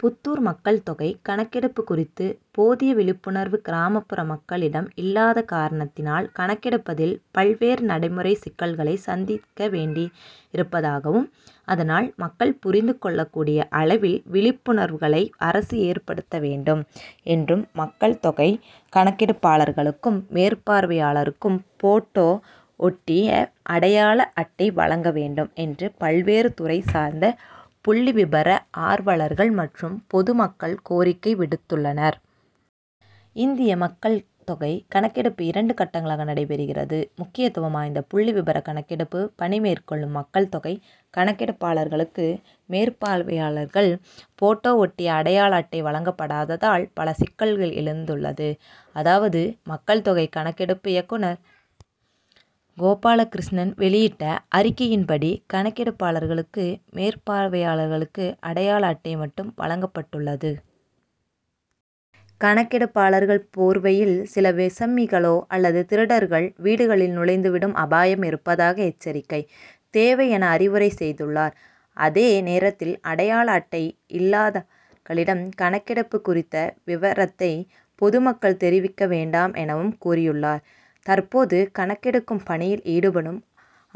புதூர் மக்கள் தொகை கணக்கெடுப்பு குறித்து போதிய விழிப்புணர்வு கிராமப்புற மக்களிடம் இல்லாத காரணத் தினால் கணக்கெடுப்பதில் பல் வேறு நடைமுறை சிக்கல்களை சந்திக்கவேண்டியதிருப்பதாகவும் அதனால் மக்கள் புரிந்து கொள்ளக்கூடியஅளவில்விழிப்புணர்வுகளை அரசு ஏற்படுத்தவேண்டும் என்றும் மக்கள்தொகை கணக்கெடுப்பாளர்களுக்கும், மேற்பார்வையாளர்களுக்கும் போட்டோ ஒட்டிய அடையாள அட்டை வழங்க வேண்டும் என்று பல்வேறு துறை சார்ந்த புள்ளி விபர ஆர்வலர்கள் மற்றும் பொது மக்கள் கோரிக்கை விடுத்துள்ளனர். இந்திய மக்கள்தொகை கணக்கெடுப்பு இரண்டு கட்டங்களாக நடைபெறுகிறது. முக்கியத்துவம் வாய்ந்த புள்ளி விபர கணக்கெடுப்பு பணி மேற்கொள்ளும் மக்கள் தொகை கணக்கெடுப்பாளர்களுக்கும், மேற்பார்வையாளர்களுக்கும் போட்டோ ஒட்டிய அடையாள அட்டை வழங்கப்படாததால் பல சிக்கல்கள் எழுந்துள்ளது. அதாவது மக்கள் தொகை கணக்கெடுப்பு இயக்குநர் கோபாலகிருஷ்ணன் வெளியிட்ட அறிக்கையின் படி கணக்கெடுப்பாளர்களுக்கும், மேற்பார்வையாளர்களுக்கும் அடையாள அட்டை மட்டும் வழங்கப்பட்டுள்ளது. கணக்கெடுப்பாளர்கள் போர்வையில், சில விசமிகளோ அல்லது திருடர்கள் வீடுகளில் நுழைந்து விடும் அபாயம் இருப்பதால் எச்சரிக்கை தேவை என அறிவுரை செய்துள்ளார். அதே நேரத்தில் அடையாள அட்டை இல்லாதவர்களிடம் கணக்கெடுப்பு குறித்த விவரத்தை பொதுமக்கள் தெரிவிக்க வேண்டாம் எனவும் கூறியுள்ளார். தற்போது கணக்கு எடுக்கும் பணியில் ஈடுபடும்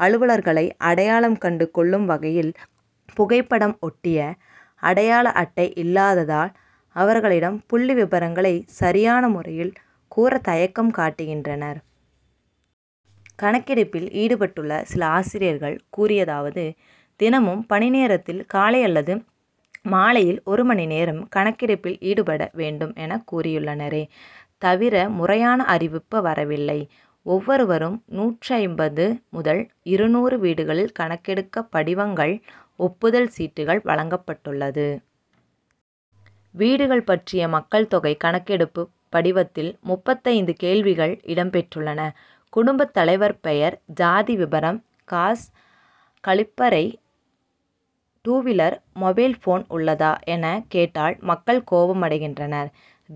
அலுவலர்களை அடையாளம் கண்டு கொள்ளும் வகையில் புகைப்படம் ஒட்டிய அடையாள அட்டை இல்லாததால் அவர்களிடம் புள்ளி விபரங்களை சரியான முறையில் கூற தயக்கம் காட்டுகின்றனர். கணக்கெடுப்பில் ஈடுபட்டுள்ள சில ஆசிரியர்கள் கூறியதாவது, தினமும் பணி நேரத்தில் காலை அல்லது மாலையில் ஒரு மணி நேரம் கணக்கெடுப்பில் ஈடுபட வேண்டும் என் கூறியுள்ளனரே தவிர முறையான அறிவிப்பு வரவில்லை. ஒவ்வொருவரும் நூற்று ஐம்பது முதல் இருநூறு வீடுகளில் கணக்கெடுக்க படிவங்கள், ஒப்புதல் சீட்டுகள் வழங்கப்பட்டுள்ளது. வீடுகள் பற்றிய மக்கள் தொகை கணக்கெடுப்பு படிவத்தில் முப்பத்தைந்து கேள்விகள் இடம்பெற்றுள்ளன. குடும்பத் தலைவர் பெயர், ஜாதி விபரம், காஸ், கழிப்பறை, டூவீலர், மொபைல்போன் உள்ளதா? எனக் கேட்டால் மக்கள் கோபமடைகின்றனர்.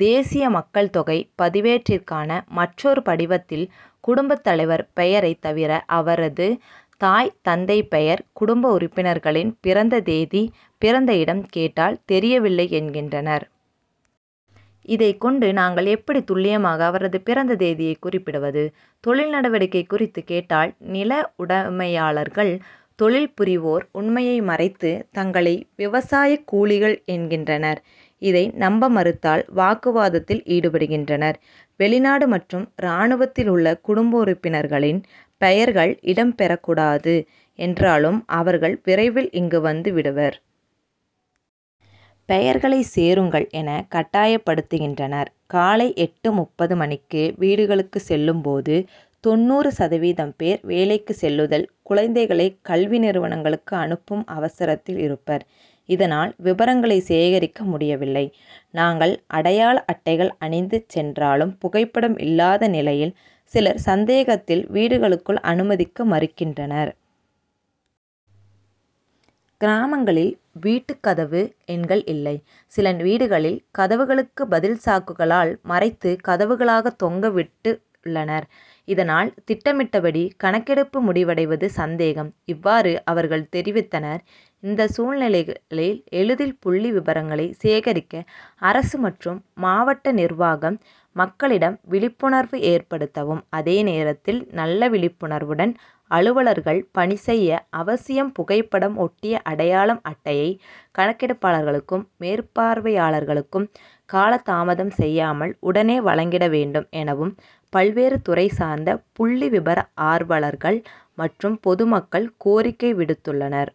தேசிய மக்கள் தொகை பதிவேட்டிற்கான மற்றொரு படிவத்தில் குடும்பத் தலைவர் பெயரைத் தவிர அவரது தாய், தந்தை பெயர், குடும்ப உறுப்பினர்களின் பிறந்த தேதி, பிறந்த இடம் கேட்டால் தெரியவில்லை என்கின்றனர். இதைக் கொண்டு நாங்கள் எப்படி துல்லியமாக அவரது பிறந்த தேதியை குறிப்பிடுவது? தொழில் நடவடிக்கை குறித்து கேட்டால் நில உடமையாளர்கள் தொழில் புரிவோர் உண்மையை மறைத்து தங்களை விவசாயக் கூலிகள் என்கின்றனர். இதை நம்ப மறுத்தால் வாக்குவாதத்தில் ஈடுபடுகின்றனர். வெளிநாடு மற்றும் ராணுவத்தில் உள்ள குடும்ப உறுப்பினர்களின் பெயர்கள் இடம் பெறக்கூடாது என்றாலும் அவர்கள் விரைவில் இங்கு வந்து விடுவர். பெயர்களை சேருங்கள் என கட்டாயப்படுத்துகின்றனர். காலை எட்டு முப்பது மணிக்கு வீடுகளுக்குச் செல்லும் போது தொண்ணூறு சதவீதம் பேர் வேலைக்கு செல்லுதல், குழந்தைகளை கல்வி நிறுவனங்களுக்கு அனுப்பும் அவசரத்தில் இருப்பர். இதனால் விபரங்களை சேகரிக்க முடியவில்லை. நாங்கள் அடையாள அட்டைகள் அணிந்து சென்றாலும் புகைப்படம் இல்லாத நிலையில் சிலர் சந்தேகத்தில் வீடுகளுக்குள் அனுமதிக்க மறுக்கின்றனர். கிராமங்களில் வீட்டு கதவு எண்கள் இல்லை. சில வீடுகளில் கதவுகளுக்கு பதில் சாக்குகளால் மறைத்து கதவுகளாக தொங்க விட்டுள்ளனர். இதனால் திட்டமிட்டபடி கணக்கெடுப்பு முடிவடைவது சந்தேகம். இவ்வாறு அவர்கள் தெரிவித்தனர். இந்த சூழ்நிலைகளில் எளிதில் புள்ளி விபரங்களை சேகரிக்க அரசு மற்றும் மாவட்ட நிர்வாகம் மக்களிடம் விழிப்புணர்வு ஏற்படுத்தவும், அதே நேரத்தில் நல்ல விழிப்புணர்வுடன் அலுவலர்கள் பணி செய்ய அவசியம் புகைப்படம் ஒட்டிய அடையாள அட்டையை கணக்கெடுப்பாளர்களுக்கும், மேற்பார்வையாளர்களுக்கும் காலதாமதம் செய்யாமல் உடனே வழங்கிட வேண்டும் எனவும் பல்வேறு துறை சார்ந்த புள்ளி விபர ஆர்வலர்கள் மற்றும் பொதுமக்கள் கோரிக்கை விடுத்துள்ளனர்.